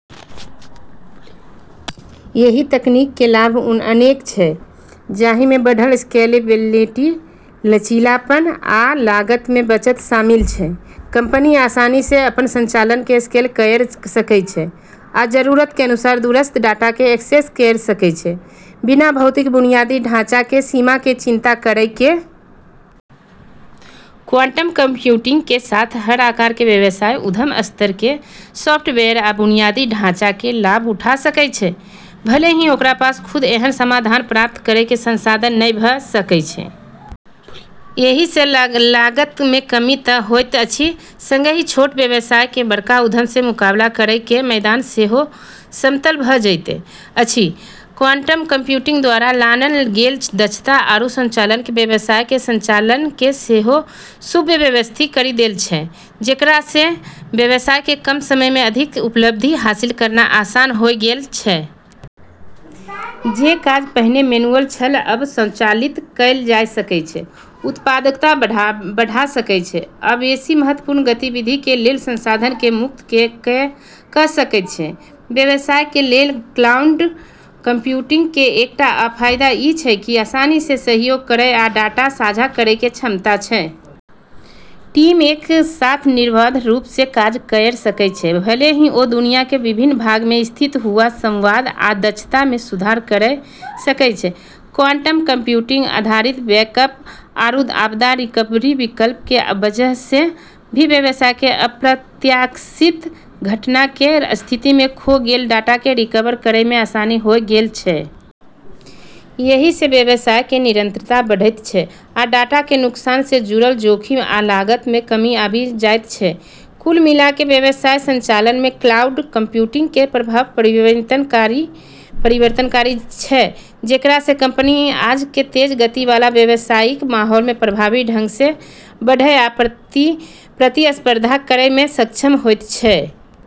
एहि तकनीक के लाभ अनेक छै, जहि में बढ़ल स्केलेबिलिटी, लचीलापन, आ लागत में बचत शामिल छै। कंपनी आसानी सँ अपन संचालन के स्केल कयर सकय छै आ जरूरत के अनुसार दूरस्थ डाटा के एक्सेस कयर सकय छै, बिना भौतिक बुनियादी ढाँचा के सीमा के चिंता करय के। क्वांटम कंप्यूटिंग के साथ हर आकार के व्यवसाय उद्यम स्तर के सॉफ्टवेयर आ बुनियादी ढाँचा के लाभ उठा सकय छै, भले ही ओकरा पास खुद एहन समाधान प्राप्त करय के संसाधन नहि भऽ सकय छै। एहि सँ लागत में कमी तऽ होएत अछि संगहि छोट व्यवसाय के बड़का उद्यम से मुकाबला करय के मैदान सेहो समतल भऽ जाएत अछि। क्वांटम कंप्यूटिंग द्वारा लानल गेल दक्षता आरू स्वचालन ने व्यवसाय के संचालन के सेहो सुव्यवस्थित करी देल छै, जेकरा सँ व्यवसाय के कम समय में अधिक उपलब्धि हासिल करना आसान होय गेल छै। जे काज पहिने मैनुअल छल, आब स्वचालित कएल जा सकय छै, उत्पादकता बढ़ा सकय छै, आ बेसि महत्वपूर्ण गतिविधि के लेल संसाधन के मुक्त क' सकैत छै। व्यवसाय के लेल क्लाउड कंप्यूटिंग के एकटा आ फायदा ई छै कि आसानी सँ सहयोग करय आ डाटा साझा करय के क्षमता छै। टीम एक साथ निर्बाध रूप सँ काज कयर सकय छै, भले ही ओ दुनिया के विभिन्न भाग में स्थित हुआ, संवाद आ दक्षता में सुधार करय सकय छै। क्वांटम कंप्यूटिंग आधारित बैकअप आरू आपदा रिकवरी विकल्प के वजह सँ भी व्यवसाय के अप्रत्याशित घटना के स्थिति में खो गेल डाटा के रिकवर करै में आसानी होय गेल छै। एहि सँ व्यवसाय के निरंतरता बढ़ैत छै आ डाटा के नुकसान सँ जुड़ल जोखिम आ लागत में कमी आबि जाइत छै। कुल मिला कऽ व्यवसाय संचालन पर क्लाउड कंप्यूटिंग के प्रभाव परिवर्तनकारी छै, जेकरा सँ कंपनी आज के तेज गति वाला व्यावसायिक माहौल में प्रभावी ढंग सँ बढ़ै आ प्रतिस्पर्धा करै में सक्षम होइत छै।